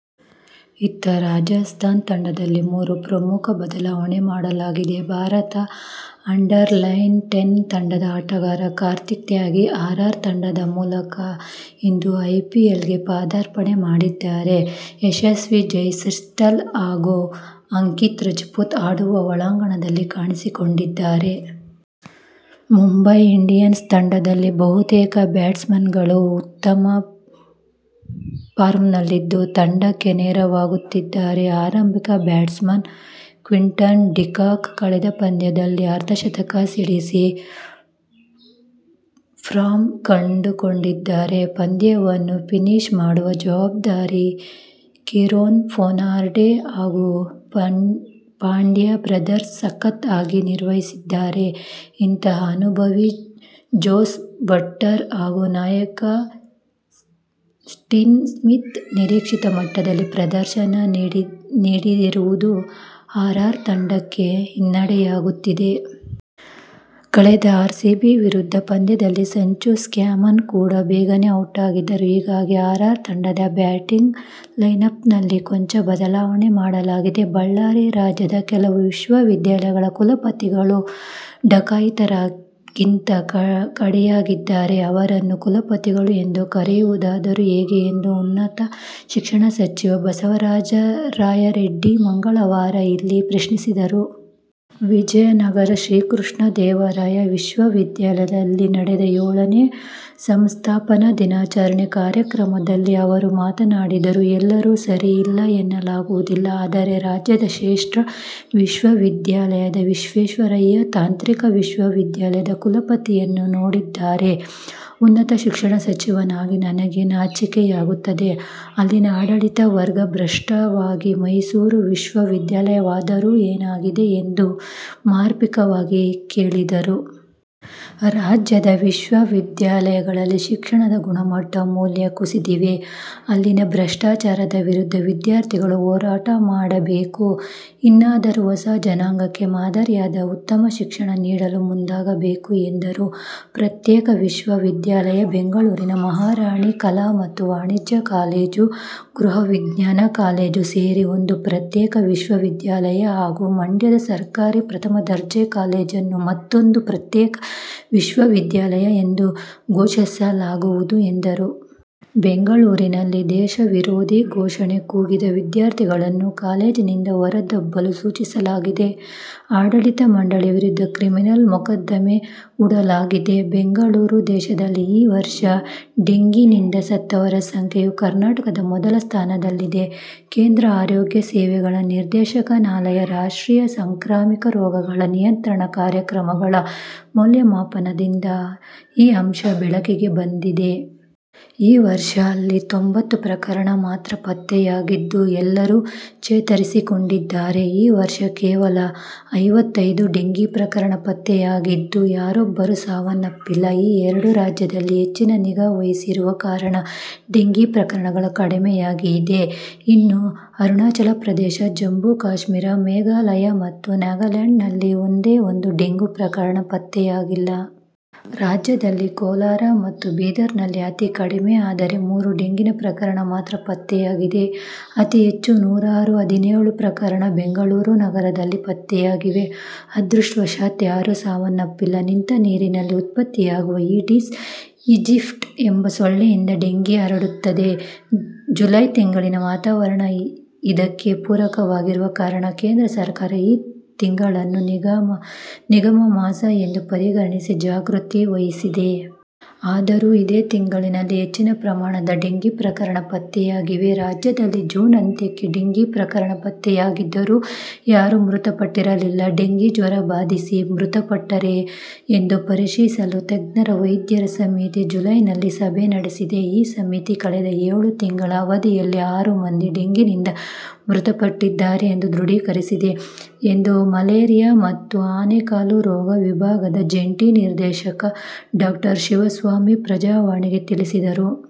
ಇತ್ತ ರಾಜಸ್ಥಾನ್ ತಂಡದಲ್ಲಿ ಮೂರು ಪ್ರಮುಖ ಬದಲಾವಣೆ ಮಾಡಲಾಗಿದೆ. ಭಾರತ ಅಂಡರ್-ನೈನ್ ಟೀನ್ ತಂಡದ ಆಟಗಾರ ಕಾರ್ತಿಕ್ ತ್ಯಾಗಿ ಆರ್ ಆರ್ ತಂಡದ ಮೂಲಕ ಇಂದು ಐ ಪಿ ಎಲ್ ಗೆ ಪದಾರ್ಪಣೆ ಮಾಡಿದ್ದಾರೆ. ಯಶಸ್ವಿ ಜೈಸ್ವಾಲ್ ಹಾಗೂ ಅಂಕಿತ್ ರಜಪೂತ್ ಆಡುವ ಬಳಗದಲ್ಲಿ ಕಾಣಿಸಿಕೊಂಡಿದ್ದಾರೆ. ಮುಂಬೈ ಇಂಡಿಯನ್ಸ್ ತಂಡದಲ್ಲಿ ಬಹುತೇಕ ಬ್ಯಾಟ್ಸ್ಮನ್ಗಳು ಉತ್ತಮ ಫಾರ್ಮ್ನಲ್ಲಿದ್ದು ತಂಡಕ್ಕೆ ನೆರವಾಗುತ್ತಿದ್ದಾರೆ. ಆರಂಭಿಕ ಬ್ಯಾಟ್ಸ್ಮನ್ ಕ್ವಿಂಟನ್ ಡಿಕಾಕ್ ಕಳೆದ ಪಂದ್ಯದಲ್ಲಿ ಅರ್ಧಶತಕ ಸಿಡಿಸಿ ಫಾರ್ಮ್ ಕಂಡುಕೊಂಡಿದ್ದಾರೆ. ಪಂದ್ಯವನ್ನು ಫಿನಿಶ್ ಮಾಡುವ ಜವಾಬ್ದಾರಿ ಕೀರೊನ್ ಪೊಲಾರ್ಡ್ ಹಾಗೂ ಪಾಂಡ್ಯ ಬ್ರದರ್ಸ್ ಸಖತ್ ಆಗಿ ನಿರ್ವಹಿಸುತ್ತಿದ್ದಾರೆ. ಇತ್ತ ಅನುಭವಿ ಜೋಸ್ ಬಟ್ಲರ್ ಹಾಗೂ ನಾಯಕ ಸ್ಟೀವ್ ಸ್ಮಿತ್ ನಿರೀಕ್ಷಿತ ಮಟ್ಟದಲ್ಲಿ ಪ್ರದರ್ಶನ ನೀಡದಿರುವುದು ಆರ್ಆರ್ ತಂಡಕ್ಕೆ ಹಿನ್ನಡೆಯಾಗುತ್ತಿದೆ. ಕಳೆದ ಆರ್ಸಿಬಿ ವಿರುದ್ಧದ ಪಂದ್ಯದಲ್ಲಿ ಸಂಜು ಸ್ಯಾಮ್ಸನ್ ಕೂಡ ಬೇಗನೆ ಔಟ್ ಆಗಿದ್ದರು. ಹೀಗಾಗಿ ಆರ್ಆರ್ ತಂಡದ ಬ್ಯಾಟಿಂಗ್ ಲೈನ್ಅಪ್ನಲ್ಲಿ ಕೊಂಚ ಬದಲಾವಣೆ ಮಾಡಲಾಗಿದೆ. ಬಳ್ಳಾರಿ: 'ರಾಜ್ಯದ ಕೆಲವು ವಿಶ್ವವಿದ್ಯಾಲಯಗಳ ಕುಲಪತಿಗಳು ಡಕಾಯಿತರಿಗಿಂತ ಕಡೆಯಾಗಿದ್ದಾರೆ. ಅವರನ್ನು ಕುಲಪತಿಗಳು ಎಂದು ಕರೆಯುವುದಾದರೂ ಹೇಗೆ' ಎಂದು ಉನ್ನತ ಶಿಕ್ಷಣ ಸಚಿವ ಬಸವರಾಜ ರಾಯರೆಡ್ಡಿ ಮಂಗಳವಾರ ಇಲ್ಲಿ ಪ್ರಶ್ನಿಸಿದರು. ವಿಜಯನಗರ ಶ್ರೀಕೃಷ್ಣದೇವರಾಯ ವಿಶ್ವವಿದ್ಯಾಲಯದಲ್ಲಿ ನಡೆದ ಏಳನೇ ಸಂಸ್ಥಾಪನಾ ದಿನಾಚರಣೆ ಕಾರ್ಯಕ್ರಮದಲ್ಲಿ ಅವರು ಮಾತನಾಡಿದರು. 'ಎಲ್ಲರೂ ಸರಿ ಇಲ್ಲ ಎನ್ನಲಾಗುವುದಿಲ್ಲ. ಆದರೆ ರಾಜ್ಯದ ಶ್ರೇಷ್ಠ ವಿಶ್ವವಿದ್ಯಾಲಯವಾದ ವಿಶ್ವೇಶ್ವರಯ್ಯ ತಾಂತ್ರಿಕ ವಿಶ್ವವಿದ್ಯಾಲಯದ ಕುಲಪತಿಯನ್ನು ನೋಡಿದರೆ ಉನ್ನತ ಶಿಕ್ಷಣ ಸಚಿವನಾಗಿ ನನಗೆ ನಾಚಿಕೆಯಾಗುತ್ತದೆ. ಅಲ್ಲಿನ ಆಡಳಿತ ವರ್ಗ ಭ್ರಷ್ಟವಾಗಿದೆ. ಮೈಸೂರು ವಿಶ್ವವಿದ್ಯಾಲಯವಾದರೂ ಏನಾಗಿದೆ' ಎಂದು ಮಾರ್ಮಿಕವಾಗಿ ಕೇಳಿದರು. 'ರಾಜ್ಯದ ವಿಶ್ವವಿದ್ಯಾಲಯಗಳಲ್ಲಿ ಶಿಕ್ಷಣದ ಗುಣಮಟ್ಟ, ಮೌಲ್ಯ ಕುಸಿದಿವೆ. ಅಲ್ಲಿನ ಭ್ರಷ್ಟಾಚಾರದ ವಿರುದ್ಧ ವಿದ್ಯಾರ್ಥಿಗಳು ಹೋರಾಟ ಮಾಡಬೇಕು. ಇನ್ನಾದರೂ ಹೊಸ ಜನಾಂಗಕ್ಕೆ ಮಾದರಿಯಾದ, ಉತ್ತಮ ಶಿಕ್ಷಣ ನೀಡಲು ಮುಂದಾಗಬೇಕು' ಎಂದರು. ಪ್ರತ್ಯೇಕ ವಿಶ್ವವಿದ್ಯಾಲಯ: ಬೆಂಗಳೂರಿನ ಮಹಾರಾಣಿ ಕಲಾ ಮತ್ತು ವಾಣಿಜ್ಯ ಕಾಲೇಜು, ಗೃಹ ವಿಜ್ಞಾನ ಕಾಲೇಜು ಸೇರಿ ಒಂದು ಪ್ರತ್ಯೇಕ ವಿಶ್ವವಿದ್ಯಾಲಯ ಹಾಗೂ ಮಂಡ್ಯದ ಸರ್ಕಾರಿ ಪ್ರಥಮ ದರ್ಜೆ ಕಾಲೇಜನ್ನು ಮತ್ತೊಂದು ಪ್ರತ್ಯೇಕ ವಿಶ್ವವಿದ್ಯಾಲಯ ಎಂದು ಘೋಷಿಸಲಾಗುವುದು ಎಂದರು. ಬೆಂಗಳೂರಿನಲ್ಲಿ ದೇಶವಿರೋಧಿ ಘೋಷಣೆ ಕೂಗಿದ ವಿದ್ಯಾರ್ಥಿಗಳನ್ನು ಕಾಲೇಜಿನಿಂದ ಹೊರದಬ್ಬಲು ಸೂಚಿಸಲಾಗಿದೆ. ಆಡಳಿತ ಮಂಡಳಿ ವಿರುದ್ಧ ಕ್ರಿಮಿನಲ್ ಮೊಕದ್ದಮೆ ಹೂಡಲಾಗಿದೆ ಬೆಂಗಳೂರು: ದೇಶದಲ್ಲಿ ಈ ವರ್ಷ ಡೆಂಗಿಯಿಂದ ಸತ್ತವರ ಸಂಖ್ಯೆಯಲ್ಲಿ ಕರ್ನಾಟಕ ಮೊದಲ ಸ್ಥಾನದಲ್ಲಿದೆ. ಕೇಂದ್ರ ಆರೋಗ್ಯ ಸೇವೆಗಳ ನಿರ್ದೇಶನಾಲಯದ ರಾಷ್ಟ್ರೀಯ ಸಾಂಕ್ರಾಮಿಕ ರೋಗಗಳ ನಿಯಂತ್ರಣ ಕಾರ್ಯಕ್ರಮಗಳ ಮೌಲ್ಯಮಾಪನದಿಂದ ಈ ಅಂಶ ಬೆಳಕಿಗೆ ಬಂದಿದೆ. ಈ ವರ್ಷ ಅಲ್ಲಿ ತೊಂಬತ್ತು ಪ್ರಕರಣ ಮಾತ್ರ ಪತ್ತೆಯಾಗಿದ್ದು, ಎಲ್ಲರೂ ಚೇತರಿಸಿಕೊಂಡಿದ್ದಾರೆ. ಈ ವರ್ಷ ಕೇವಲ ಐವತ್ತೈದು ಡೆಂಗಿ ಪ್ರಕರಣ ಪತ್ತೆಯಾಗಿದ್ದು, ಯಾರೊಬ್ಬರು ಸಾವಪ್ಪಿಲ್ಲ. ಈ ಎರಡು ರಾಜ್ಯಗಳಲ್ಲಿ ಹೆಚ್ಚಿನ ನಿಗಾ ವಹಿಸಿರುವ ಕಾರಣ ಡೆಂಗಿ ಪ್ರಕರಣ ಕಡಿಮೆಯಾಗಿದೆ. ಇನ್ನು ಅರುಣಾಚಲ ಪ್ರದೇಶ, ಜಮ್ಮು ಕಾಶ್ಮೀರ, ಮೇಘಾಲಯ ಮತ್ತು ನಾಗಾಲ್ಯಾಂಡ್ನಲ್ಲಿ ಒಂದೇ ಒಂದು ಡೆಂಗಿ ಪ್ರಕರಣ ಪತ್ತೆಯಾಗಿಲ್ಲ. ರಾಜ್ಯದಲ್ಲಿ ಕೋಲಾರ ಮತ್ತು ಬೀದರ್ನಲ್ಲಿ ಅತಿ ಕಡಿಮೆ ಅಂದರೆ ಮೂರು ಡೆಂಗಿ ಪ್ರಕರಣ ಮಾತ್ರ ಪತ್ತೆಯಾಗಿದೆ. ಅತೀ ಹೆಚ್ಚು ನಾನೂರ ಹದಿನೇಳು ಪ್ರಕರಣ ಬೆಂಗಳೂರು ನಗರದಲ್ಲಿ ಪತ್ತೆಯಾಗಿದೆ. ಅದೃಷ್ಟವಶಾತ್ ಯಾರೂ ಸಾವನಪ್ಪಿಲ್ಲ. ನಿಂತ ನೀರಿನಲ್ಲಿ ಉತ್ಪತ್ತಿಯಾಗುವ ಈಡಿಸ್ ಈಜಿಪ್ಟಿ ಎಂಬ ಸೊಳ್ಳೆಯಿಂದ ಡೆಂಗಿ ಹರಡುತ್ತದೆ. ಜುಲೈ ತಿಂಗಳಿನ ವಾತಾವರಣ ಇದಕ್ಕೆ ಪೂರಕವಾಗಿರುವ ಕಾರಣ ಕೇಂದ್ರ ಸರ್ಕಾರ, ಈ ತಿಂಗಳನ್ನು 'ನಿಗಾ ಮಾಸ' ಎಂದು ಪರಿಗಣಿಸಿ ಜಾಗೃತಿ ವಹಿಸಿದೆ. ಅದರೂ ಇದೇ ತಿಂಗಳಲ್ಲಿ ಹೆಚ್ಚಿನ ಪ್ರಮಾಣದ ಡೆಂಗಿ ಪ್ರಕರಣ ಪತ್ತೆಯಾಗಿವೆ. ರಾಜ್ಯದಲ್ಲಿ ಜೂನ್ ಅಂತ್ಯಕ್ಕೆ ಡೆಂಗಿ ಪ್ರಕರಣ ಪತ್ತೆಯಾಗಿದ್ದರೂ ಯಾರೂ ಮೃತಪಟ್ಟಿರಲಿಲ್ಲ. 'ಡೆಂಗಿ ಜ್ವರ ಬಾಧಿಸಿ ಮೃತಪಟ್ಟರೇ ಎಂದು ಪರಿಶೀಲಿಸಲು ತಜ್ಞ ವೈದ್ಯರ ಸಮಿತಿ ಜುಲೈನಲ್ಲಿ ಸಭೆ ನಡೆದಿದೆ. ಆ ಸಮಿತಿ ಕಳೆದ ಏಳು ತಿಂಗಳ ಅವಧಿಯಲ್ಲಿ ಆರು ಮಂದಿ ಡೆಂಗಿಯಿಂದ ಮೃತಪಟ್ಟಿದ್ದಾರೆ ಎಂದು ದೃಢೀಕರಿಸಿದೆ' ಎಂದು ಮಲೇರಿಯಾ ಮತ್ತು ಆನೆಕಾಲು ರೋಗ ವಿಭಾಗದ ಜಂಟಿ ನಿರ್ದೇಶಕ ಡಾ. ಶಿವಸ್ವಾಮಿ 'ಪ್ರಜಾವಾಣಿ'ಗೆ ತಿಳಿಸಿದರು.